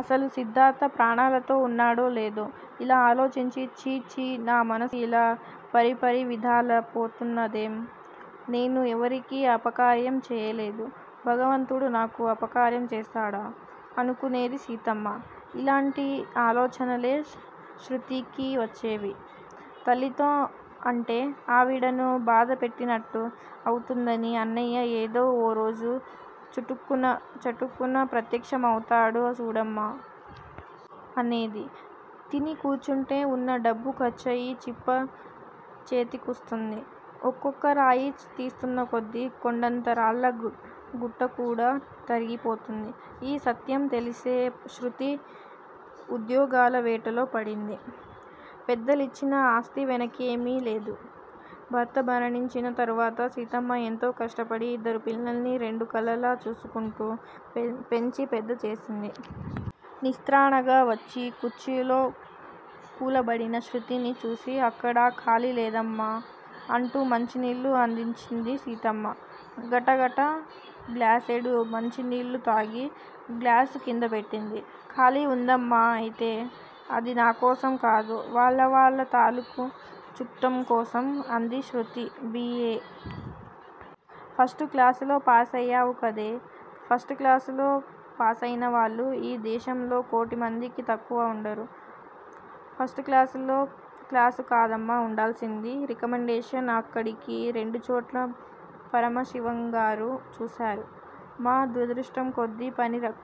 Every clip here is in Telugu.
అసలు సిద్దార్థ ప్రాణాలతో వున్నాడో లేదో! ఇలా ఆలోచించి ఛీ ఛీ నా మనసు ఇలా పరిపరివిధాల పోతున్నదేం? నేను ఎవరికీ అపకారంచెయ్యలేదు. భగవంతుడు నాకు అపకారం చేస్తాడా? ' అనుకునేది సీతమ్మ. ఇలాంటి ఆలోచనలే శృతికీ వచ్చేవి. తల్లితో అంటే ఆవిడని బాధ పెట్టినట్టు అవుతుందని అన్నయ్య ఏదో ఓ రోజు చుటుక్ చటుక్కున ప్రత్యక్షమవుతాడు చూడమ్మా! అనేది. తిని కూర్చుంటే వున్న డబ్బు ఖర్చయి చిప్ప చేతికొస్తుంది. ఒక్కొక్క రాయి తీస్తున్నకొద్దీ కొండంత రాళ్ళ గుట్ట గుట్టకూడా తరిగిపోతుంది. ఈ సత్యం తెలిసే శృతి ఉద్యోగాల వేటలో పడింది. పెద్దలిచ్చిన ఆస్తి వెనకేమీ లేదు. భర్త మరణించిన తర్వాత సీతమ్మ ఎంతో కష్టపడి ఇద్దరు పిల్లల్ని రెండు కళ్ళులా చూసుకుంటూ పే పెంచి పెద్ద చేసింది. నిస్త్రాణగా వచ్చి కుర్చీలో కూలబడిన శృతిని చూసి అక్కడా ఖాళీ లేదామ్మా? అంటూ మంచినీళ్ళు అందించింది సీతమ్మ. గటగట గ్లాసెడు మంచినీళ్ళూతాగి గ్లాసు కింద పెట్టింది. ఖాళీ వుందమ్మా! అయితే, అది నాకోసం కాదు. వాళ్ళ వాళ్ళ తాలూకు చుట్టంకోసం అంది శృతి. బి. ఏ. ఫస్టు క్లాసులో ప్యాసయ్యావుకదే? ఫస్టుక్లాసులో ప్యాసయినవాళ్ళు ఈ దేశంలో కోటిమందికి తక్కువ ఉండరు. ఫస్టు క్లాసు కాదమ్మా వుండాల్సింది. రికమండేషన్, అక్కడికీ రెండుచోట్ల పరమశివంగారు చూశారు. మా దురదృష్టంకొద్దీ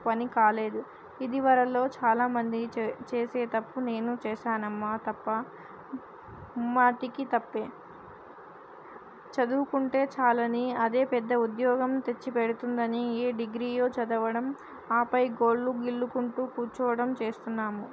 పనికాలేదు. ఇదివరలో చాలామంది చేసే తప్పు నేనూ చేశానమ్మా! తప్పా? ముమ్మాటికీ తప్పే. చదువుకుంటే చాలని, అదే పెద్ద ఉద్యోగం తెచ్చిపెడుతుందని ఏ డిగ్రీయో చదవడం, ఆ పై గోళ్ళు గిల్లుకుంటూ కూర్చోడం చేస్తున్నాము.